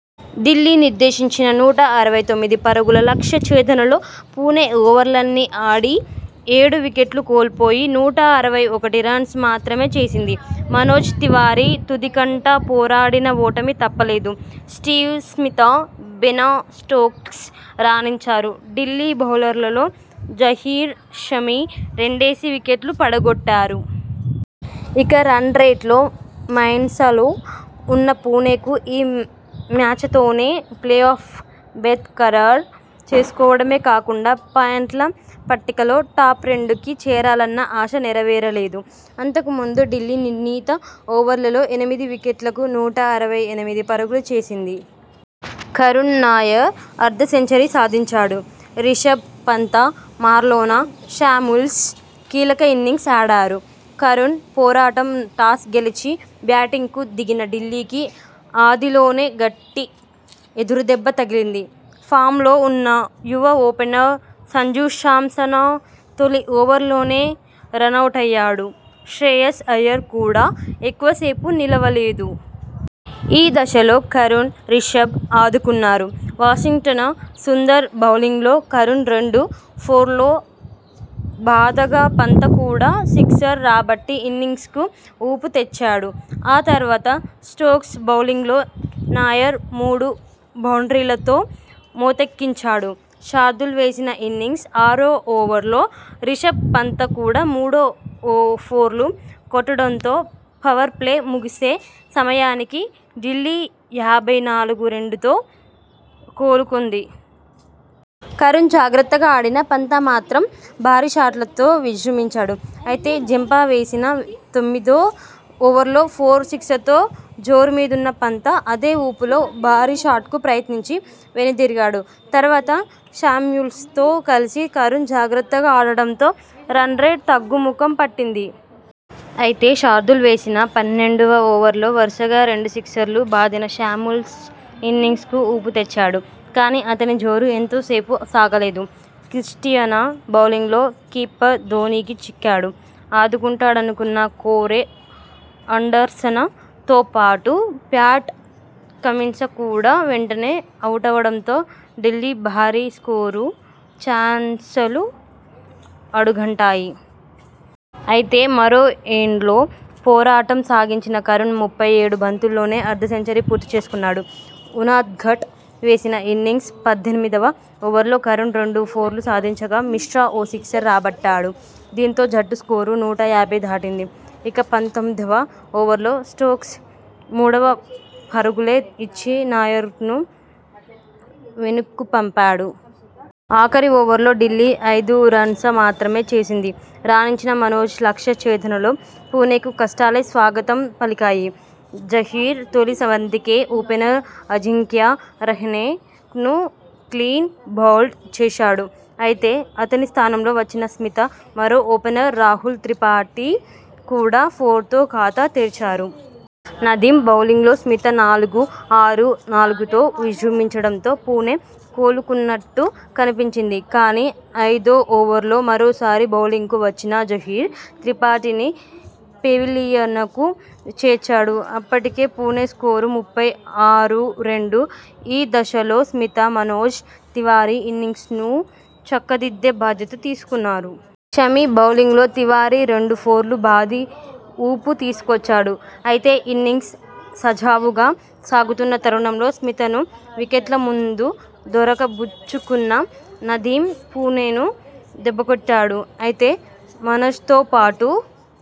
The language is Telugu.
ఢిల్లీ నిర్దేశించిన నూట అరవై తొమ్మిది పరుగుల లక్ష్య ఛేదనలో పుణె ఓవర్లన్నీ ఆడి ఏడు వికెట్లు కోల్పోయి నూట అరవై ఒకటి రన్స్ మాత్రమే చేసింది. మనోజ్ తివారి తుదికంటా పోరాడినా ఓటమి తప్పలేదు. స్టీవ్ స్మిత, బెన స్టోక్స్ రాణించారు. ఢిల్లీ బౌలర్లలో జహీర్, షమి రెండేసి వికెట్లు పడగొట్టారు. ఇక రన్ రేట్లో మైనసా లో ఉన్న పుణెకు ఈ మ్యాచతోనే ప్లే ఆఫ్ బెర్త్ ఖరారు చేసుకోవడమే కాకుండా పాయింట్ల పట్టికలో టాప్ రెండు కి చేరాలన్న ఆశ నెరవేరలేదు. అంతకుముందు ఢిల్లీ నిర్ణీత ఓవర్లలో ఎనిమిది వికెట్లకు నూట అరవై ఎనిమిది పరుగులు చేసింది. కరుణ్ నాయర్ అర్ధ సెంచరీ సాధించాడు. రిషభ్ పంతా, మార్లోన శామ్ల్స్ కీలక ఇన్నింగ్స్ ఆడారు. కరుణ్ పోరాటం టాస్ గెలిచి బ్యాటింగ్కు దిగిన ఢిల్లీకి ఆదిలోనే గట్టి ఎదురుదెబ్బ తగిలింది. ఫామ్లో ఉన్న యువ ఓపెనర్ సంజూ శాంసన తొలి ఓవర్లోనే రనౌటయ్యాడు. శ్రేయాస్ అయ్యర్ కూడా ఎక్కువ సేపు నిలవలేదు. ఈ దశలో కరుణ్, రిషభ్ ఆదుకున్నారు. వాషింగ్టన సుందర్ బౌలింగ్లో కరుణ్ రెండు ఫోర్లు బాదగా పంత కూడా సిక్సర్ రాబట్టి ఇన్నింగ్స్కు ఊపు తెచ్చాడు. ఆ తర్వాత స్టోక్స్ బౌలింగ్లో నాయర్ మూడు బౌండ్రీలతో మోతెక్కించాడు. శార్దూల్ వేసిన ఇన్నింగ్స్ ఆరో ఓవర్లో రిషభ్ పంత కూడా మూడు ఫోర్లు కొట్టడంతో పవర్ ప్లే ముగిసే సమయానికి ఢిల్లీ యాభై నాలుగు రెండుతో కోలుకుంది. కరుణ్ జాగ్రత్తగా ఆడినా పంత మాత్రం భారీ షాట్లతో విజృంభించాడు. అయితే జంపా వేసిన తొమ్మిదో ఓవర్లో ఫోర్, సిక్సర్తో జోరు మీదున్న పంత అదే ఊపులో భారీ షాట్కు ప్రయత్నించి వెనుదిరిగాడు. తర్వాత శామ్యూల్స్తో కలిసి కరుణ్ జాగ్రత్తగా ఆడడంతో రనరేట్ తగ్గుముఖం పట్టింది. అయితే శార్దూల్ వేసిన పన్నెండువ ఓవర్లో వరుసగా రెండు సిక్సర్లు బాదిన శామ్యూల్స్ ఇన్నింగ్స్కు ఊపుతెచ్చాడు. కానీ అతని జోరు ఎంతో సేపు సాగలేదు. క్రిస్టియన బౌలింగ్లో కీపర్ ధోనీకి చిక్కాడు. ఆదుకుంటాడనుకున్న కోరె అండర్సన తోపాటు ప్యాట్ కమిన్స కూడా వెంటనే అవుటవడంతో ఢిల్లీ భారీ స్కోరు చాన్సలు అడుగంటాయి. అయితే మరో ఎండ్లో పోరాటం సాగించిన కరుణ్ ముప్పై ఏడు బంతుల్లోనే అర్ధ సెంచరీ పూర్తిచేసుకున్నాడు. ఉనాద్కట్ వేసిన ఇన్నింగ్స్ పద్దెనిమిదివ ఓవర్లో కరుణ్ రెండు ఫోర్లు సాధించగా, మిశ్రా ఓ సిక్సర్ రాబట్టాడు. దీంతో జట్టు స్కోరు నూట యాభై దాటింది. ఇక పంతొమ్మిదివ ఓవర్లో స్టోక్స్ మూడోవ పరుగులే ఇచ్చి నాయర్ను వెనక్కుపంపాడు. ఆఖరి ఓవర్లో ఢిల్లీ ఐదు రన్స మాత్రమే చేసింది. రాణించిన మనోజ్ లక్ష్య ఛేదనలో పుణెకు కష్టాలే స్వాగతం పలికాయి. జహీర్ తొలి బంతికే ఓపెనర్ అజింక్యా రహానె ను క్లీన్ బౌల్డ్ చేశాడు. అయితే అతని స్థానంలో వచ్చిన స్మిత, మరో ఓపెనర్ రాహుల్ త్రిపాఠి కూడా ఫోర్తో ఖాతా తెరిచారు. నదీమ్ బౌలింగ్లో స్మిత నాలుగు, ఆరు, నాలుగుతో విజృంభించడంతో పుణె కోలుకున్నట్టు కనిపించింది. కానీ ఐదో ఓవర్లో మరోసారి బౌలింగ్కు వచ్చిన జహీర్ త్రిపాఠిని పెవిలియనకు చేర్చాడు. అప్పటికి పుణె స్కోరు ముప్పై ఆరు/రెండు. ఈ దశలో స్మిత, మనోజ్ తివారి ఇన్నింగ్స్ను చక్కదిద్దే బాధ్యత తీసుకున్నారు. షమి బౌలింగ్లో తివారి రెండు ఫోర్లు బాది ఊపు తీసుకొచ్చాడు. అయితే ఇన్నింగ్స్ సజావుగా సాగుతున్న తరుణంలో స్మితను వికెట్ల ముందు దొరక బుచ్చుకున్న నదీమ్ పుణెను దెబ్బకొట్టాడు. అయితే మనోజ్తోపాటు